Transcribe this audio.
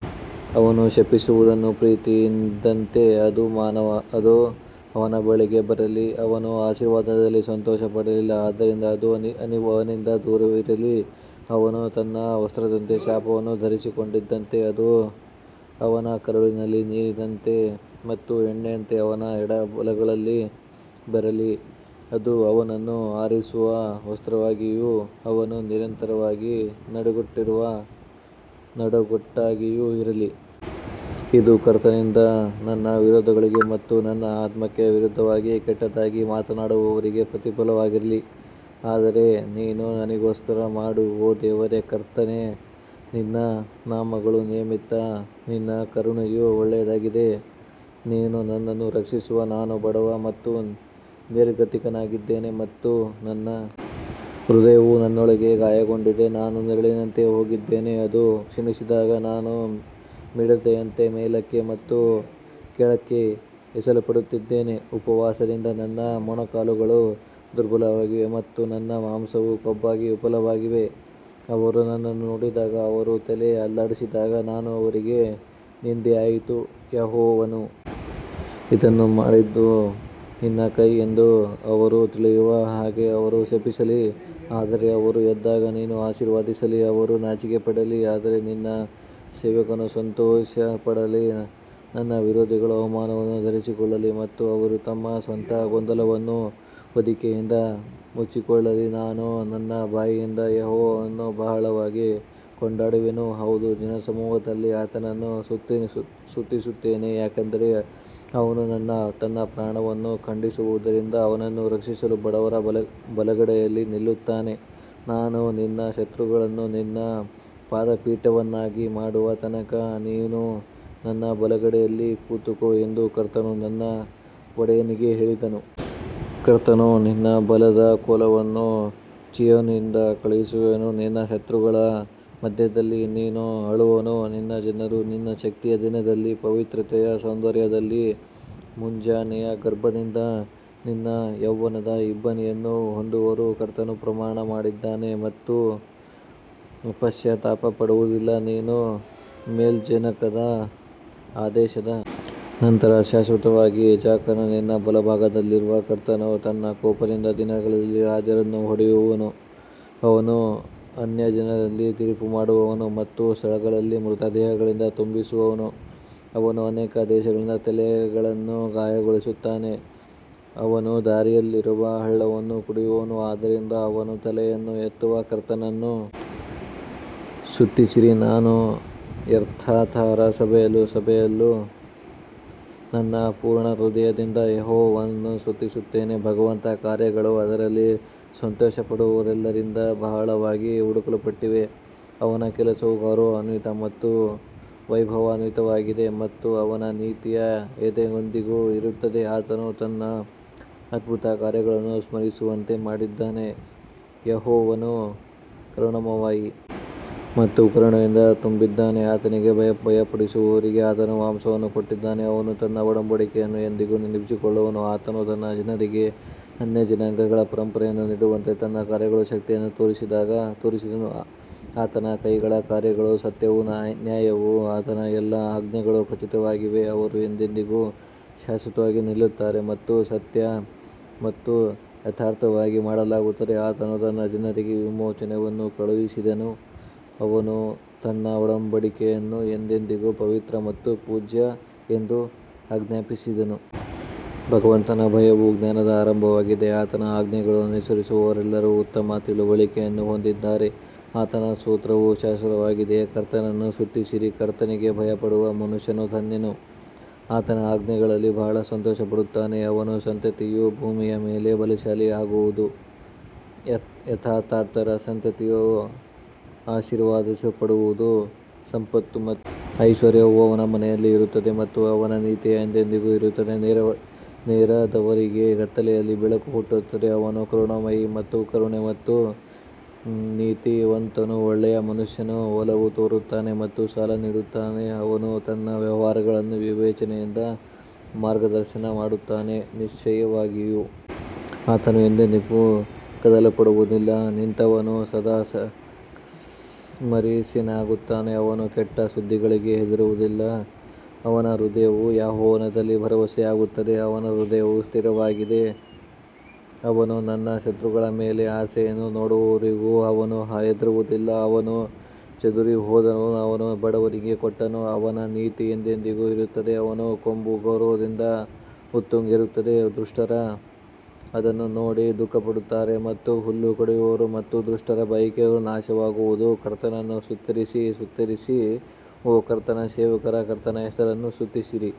ಅವನು ಶಪಿಸುವುದನ್ನು ಪ್ರೀತಿಸಿದಂತೆ ಅದು ಅವನ ಬಳಿಗೆ ಬರಲಿ, ಅವನು ಆಶೀರ್ವಾದದಲ್ಲಿ ಸಂತೋಷಪಡಲಿಲ್ಲ ಆದ್ದರಿಂದ ಅದು ಅವನಿಂದ ದೂರವಿರಲಿ ಅವನು ತನ್ನ ವಸ್ತ್ರದಂತೆ ಶಾಪವನ್ನು ಧರಿಸಿಕೊಂಡಿದ್ದರಿಂದ ಅದು ಅವನ ಕರುಳಿನಲ್ಲಿ ನೀರಿನಂತೆ ಮತ್ತು ಎಣ್ಣೆಯಂತೆ ಅವನ ಎಲುಬುಗಳಲ್ಲಿ ಬರಲಿ. ಅದು ಅವನನ್ನು ಆವರಿಸುವ ವಸ್ತ್ರವಾಗಿಯೂ ಅವನು ನಿರಂತರವಾಗಿ ನಡುಕಟ್ಟಿರುವ ನಡುಕಟ್ಟಾಗಿಯೂ ಇರಲಿ. ಇದು ಕರ್ತನಿಂದ ನನ್ನ ವಿರೋಧಿಗಳಿಗೆ ಮತ್ತು ನನ್ನ ಆತ್ಮಕ್ಕೆ ವಿರುದ್ಧವಾಗಿ ಕೆಟ್ಟದಾಗಿ ಮಾತನಾಡುವವರಿಗೆ ಪ್ರತಿಫಲವಾಗಲಿ ಆದರೆ ನೀನು ನನಗೋಸ್ಕರ ಮಾಡು ಓ ದೇವರೇ ಕರ್ತನೇ ನಿನ್ನ ನಾಮಗಳ ನಿಮಿತ್ತ ನಿನ್ನ ಕರುಣೆಯು ಒಳ್ಳೆಯದಾಗಿದೆ ನೀನು ನನ್ನನ್ನು ರಕ್ಷಿಸು ನಾನು ಬಡವ ಮತ್ತು ನಿರ್ಗತಿಕನಾಗಿದ್ದೇನೆ ಮತ್ತು ನನ್ನ ಹೃದಯವು ನನ್ನೊಳಗೆ ಗಾಯಗೊಂಡಿದೆ ನಾನು ನೆರಳಿನಂತೆ ಹೋಗಿದ್ದೇನೆ ಅದು ಕ್ಷೀಣಿಸಿದಾಗ ನಾನು ಮಿಡತೆಯಂತೆ ಮೇಲಕ್ಕೆ ಮತ್ತು ಕೆಳಕ್ಕೆ ಎಸೆಯಲ್ಪಟ್ಟಿದ್ದೇನೆ ಉಪವಾಸದಿಂದ ನನ್ನ ಮೊಣಕಾಲುಗಳು ದುರ್ಬಲವಾಗಿವೆ ಮತ್ತು ನನ್ನ ಮಾಂಸವು ಕೊಬ್ಬಾಗಿ ವಿಫಲವಾಗಿದೆ ಅವರು ನನ್ನನ್ನು ನೋಡಿದಾಗ ಅವರು ತಲೆ ಅಲ್ಲಾಡಿಸಿದಾಗ ನಾನು ಅವರಿಗೆ ನಿಂದೆಯಾಯಿತು ಯೆಹೋವನು ಇದನ್ನು ಮಾಡಿದ್ದು ನಿನ್ನ ಕೈ ಎಂದು ಅವರು ತಿಳಿಯುವ ಹಾಗೆ ಅವರು ಶಪಿಸಲಿ ಆದರೆ ಅವರು ಎದ್ದಾಗ ನೀನು ಆಶೀರ್ವದಿಸಲಿ ಅವರು ನಾಚಿಕೆಪಡಲಿ ಆದರೆ ನಿನ್ನ ಸೇವಕನು ಸಂತೋಷಪಡಲಿ ನನ್ನ ವಿರೋಧಿಗಳು ಅವಮಾನವನ್ನು ಧರಿಸಿಕೊಳ್ಳಲಿ ಮತ್ತು ಅವರು ತಮ್ಮ ಸ್ವಂತ ಗೊಂದಲವನ್ನು ಹೊದಿಕೆಯಂತೆ ಮುಚ್ಚಿಕೊಳ್ಳಲಿ ನಾನು ನನ್ನ ಬಾಯಿಂದ ಯೆಹೋವನನ್ನು ಬಹಳವಾಗಿ ಕೊಂಡಾಡುವೆನು, ಹೌದು ಜನಸಮೂಹದಲ್ಲಿ ಆತನನ್ನು ಸ್ತುತಿಸುತ್ತೇನೆ ಯಾಕಂದರೆ ಅವನು ತನ್ನ ಪ್ರಾಣವನ್ನು ಖಂಡಿಸುವವರಿಂದ ಅವನನ್ನು ರಕ್ಷಿಸಲು ಬಡವರ ಬಲಗಡೆಯಲ್ಲಿ ನಿಲ್ಲುತ್ತಾನೆ ನಾನು ನಿನ್ನ ಶತ್ರುಗಳನ್ನು ನಿನ್ನ ಪಾದಪೀಠವನ್ನಾಗಿ ಮಾಡುವ ತನಕ ನೀನು ನನ್ನ ಬಲಗಡೆಯಲ್ಲಿ ಕೂತುಕೋ ಎಂದು ಕರ್ತನು ನನ್ನ ಒಡೆಯನಿಗೆ ಹೇಳಿದನು. ಕರ್ತನು ನಿನ್ನ ಬಲದ ಕೋಲನ್ನು ಚೀಯೋನಿನಿಂದ ಕಳುಹಿಸುವನು ನಿನ್ನ ಶತ್ರುಗಳ ಮಧ್ಯದಲ್ಲಿ ನೀನು ಆಳುವನು ನಿನ್ನ ಜನರು ನಿನ್ನ ಶಕ್ತಿಯ ದಿನದಲ್ಲಿ ಪವಿತ್ರತೆಯ ಸೌಂದರ್ಯದಲ್ಲಿ ಮುಂಜಾನೆಯ ಗರ್ಭದಿಂದ ನಿನ್ನ ಯೌವನದ ಇಬ್ಬನಿಯನ್ನು ಹೊಂದುವರು ಕರ್ತನು ಪ್ರಮಾಣ ಮಾಡಿದ್ದಾನೆ ಮತ್ತು ಪಶ್ಚಾತ್ತಾಪ ಪಡುವುದಿಲ್ಲ, ನೀನು ಮೆಲ್ಕಿಜೆದೇಕನ ಆದೇಶದ ನಂತರ ಶಾಶ್ವತವಾಗಿ ಯಾಜಕನು ನಿನ್ನ ಬಲಭಾಗದಲ್ಲಿರುವ ಕರ್ತನು ತನ್ನ ಕೋಪದ ದಿನದಲ್ಲಿ ರಾಜರನ್ನು ಹೊಡೆಯುವನು ಅವನು ಅನ್ಯಜನರಲ್ಲಿ ತೀರ್ಪುಮಾಡುವನು, ಅವನು ಸ್ಥಳಗಳನ್ನು ಮೃತ ದೇಹಗಳಿಂದ ತುಂಬಿಸುವನು, ಅವನು ಅನೇಕ ದೇಶಗಳ ತಲೆಗಳನ್ನು ಗಾಯಗೊಳಿಸುತ್ತಾನೆ ಅವನು ದಾರಿಯಲ್ಲಿರುವ ಹಳ್ಳವನ್ನು ಕುಡಿಯುವನು, ಆದ್ದರಿಂದ ಅವನು ತಲೆಯನ್ನು ಎತ್ತುವನು ಕರ್ತನನ್ನು ಸ್ತುತಿಸಿರಿ ನಾನು ಯಥಾರ್ಥರ ಸಭೆಯಲ್ಲೂ ಸಭೆಯಲ್ಲೂ ನನ್ನ ಪೂರ್ಣ ಹೃದಯದಿಂದ ಯೆಹೋವನನ್ನು ಸ್ತುತಿಸುತ್ತೇನೆ ಭಗವಂತನ ಕಾರ್ಯಗಳು ಅದರಲ್ಲಿ ಸಂತೋಷಪಡುವವರೆಲ್ಲರಿಂದ ಬಹಳವಾಗಿ ಹುಡುಕಲ್ಪಟ್ಟಿವೆ ಅವನ ಕೆಲಸವು ಗೌರವಾನ್ವಿತ ಮತ್ತು ವೈಭವಯುತವಾಗಿದೆ ಮತ್ತು ಅವನ ನೀತಿಯು ಎಂದೆಂದಿಗೂ ಇರುತ್ತದೆ ಆತನು ತನ್ನ ಅದ್ಭುತಕಾರ್ಯಗಳನ್ನು ಸ್ಮರಿಸುವಂತೆ ಮಾಡಿದ್ದಾನೆ, ಯೆಹೋವನು ಕರುಣಾಮಯಿ ಮತ್ತು ಕರುಣೆಯಿಂದ ತುಂಬಿದ್ದಾನೆ ಆತನಿಗೆ ಭಯಪಡುವವರಿಗೆ ಆತನು ಮಾಂಸವನ್ನು ಕೊಟ್ಟಿದ್ದಾನೆ, ಅವನು ತನ್ನ ಒಡಂಬಡಿಕೆಯನ್ನು ಎಂದಿಗೂ ನೆನಪಿಸಿಕೊಳ್ಳುವನು ಆತನು ತನ್ನ ಜನರಿಗೆ ಅನ್ಯಜನಾಂಗಗಳ ಪರಂಪರೆಯನ್ನು ನೀಡುವಂತೆ ತನ್ನ ಕಾರ್ಯಗಳ ಶಕ್ತಿಯನ್ನು ತೋರಿಸಿದನು ಆತನ ಕೈಗಳ ಕಾರ್ಯಗಳು ಸತ್ಯವೂ ನ್ಯಾಯವೂ ಆತನ ಎಲ್ಲಾ ಆಜ್ಞೆಗಳು ಖಚಿತವಾಗಿವೆ ಅವರು ಎಂದೆಂದಿಗೂ ಶಾಶ್ವತವಾಗಿ ನಿಲ್ಲುತ್ತಾರೆ ಮತ್ತು ಸತ್ಯ ಮತ್ತು ಯಥಾರ್ಥವಾಗಿ ಮಾಡಲಾಗುತ್ತದೆ ಆತನು ತನ್ನ ಜನರಿಗೆ ವಿಮೋಚನೆಯನ್ನು ಕಳುಹಿಸಿದನು, ಅವನು ತನ್ನ ಒಡಂಬಡಿಕೆಯನ್ನು ಎಂದೆಂದಿಗೂ ಪವಿತ್ರ ಮತ್ತು ಪೂಜ್ಯ ಎಂದು ಆಜ್ಞಾಪಿಸಿದನು. ಭಗವಂತನ ಭಯವು ಜ್ಞಾನದ ಆರಂಭವಾಗಿದೆ, ಆತನ ಆಜ್ಞೆಗಳನ್ನು ಅನುಸರಿಸುವವರೆಲ್ಲರೂ ಉತ್ತಮ ತಿಳುವಳಿಕೆಯನ್ನು ಹೊಂದಿದ್ದಾರೆ ಆತನ ಸ್ತೋತ್ರವು ಶಾಶ್ವತವಾಗಿದೆ ಕರ್ತನನ್ನು ಸ್ತುತಿಸಿರಿ, ಕರ್ತನಿಗೆ ಭಯಪಡುವ ಮನುಷ್ಯನು ಧನ್ಯನು, ಆತನ ಆಜ್ಞೆಗಳಲ್ಲಿ ಬಹಳ ಸಂತೋಷಪಡುತ್ತಾನೆ ಅವನ ಸಂತತಿಯು ಭೂಮಿಯ ಮೇಲೆ ಬಲಶಾಲಿಯಾಗುವದು, ಯಥಾರ್ಥರ ಸಂತತಿಯು ಆಶೀರ್ವದಿಸಲ್ಪಡುವದು ಸಂಪತ್ತು ಮತ್ತು ಐಶ್ವರ್ಯವು ಅವನ ಮನೆಯಲ್ಲಿ ಇರುತ್ತದೆ ಮತ್ತು ಅವನ ನೀತಿಯು ಎಂದೆಂದಿಗೂ ಇರುತ್ತದೆ ನೇರವಾದವರಿಗೆ ಕತ್ತಲೆಯಲ್ಲಿ ಬೆಳಕು ಹುಟ್ಟುತ್ತದೆ, ಅವನು ಕರುಣಾಮಯಿ ಮತ್ತು ಕರುಣೆ ಮತ್ತು ನೀತಿವಂತನು ಒಳ್ಳೆಯ ಮನುಷ್ಯನು ಒಲವು ತೋರುತ್ತಾನೆ ಮತ್ತು ಸಾಲ ನೀಡುತ್ತಾನೆ, ಅವನು ತನ್ನ ವ್ಯವಹಾರಗಳನ್ನು ವಿವೇಚನೆಯಿಂದ ಮಾರ್ಗದರ್ಶನ ಮಾಡುತ್ತಾನೆ ನಿಶ್ಚಯವಾಗಿಯೂ ಆತನು ಎಂದೆಂದಿಗೂ ಕದಲಲ್ಪಡುವದಿಲ್ಲ, ನೀತಿವಂತನು ಸದಾ ಸ್ಮರಣೀಯನಾಗಿರುತ್ತಾನೆ ಅವನು ಕೆಟ್ಟ ಸುದ್ದಿಗಳಿಗೆ ಹೆದರುವುದಿಲ್ಲ, ಅವನ ಹೃದಯವು ಯೆಹೋವನಲ್ಲಿ ಭರವಸೆಯಿಡುತ್ತದೆ ಅವನ ಹೃದಯವು ಸ್ಥಿರವಾಗಿದೆ, ಅವನು ತನ್ನ ಶತ್ರುಗಳ ಮೇಲೆ ತನ್ನ ಆಸೆಯನ್ನು ನೋಡುವವರೆಗೂ ಅವನು ಹೆದರುವುದಿಲ್ಲ ಅವನು ಚದುರಿಹೋದನು ಅವನು ಬಡವರಿಗೆ ಕೊಟ್ಟನು ಅವನ ನೀತಿಯು ಎಂದೆಂದಿಗೂ ಇರುತ್ತದೆ ಅವನ ಕೊಂಬು ಗೌರವದಿಂದ ಉತ್ತುಂಗಕ್ಕೇರುತ್ತದೆ ದುಷ್ಟರು ಅದನ್ನು ನೋಡಿ ದುಃಖಪಡುತ್ತಾರೆ ಮತ್ತು ಹಲ್ಲು ಕಡಿಯುವರು ಮತ್ತು ದುಷ್ಟರ ಬಯಕೆಯು ನಾಶವಾಗುವುದು ಕರ್ತನನ್ನು ಸ್ತುತಿಸಿರಿ ಸ್ತುತಿಸಿರಿ ಓ ಕರ್ತನ ಸೇವಕರೇ ಕರ್ತನ ಹೆಸರನ್ನು ಸ್ತುತಿಸಿರಿ.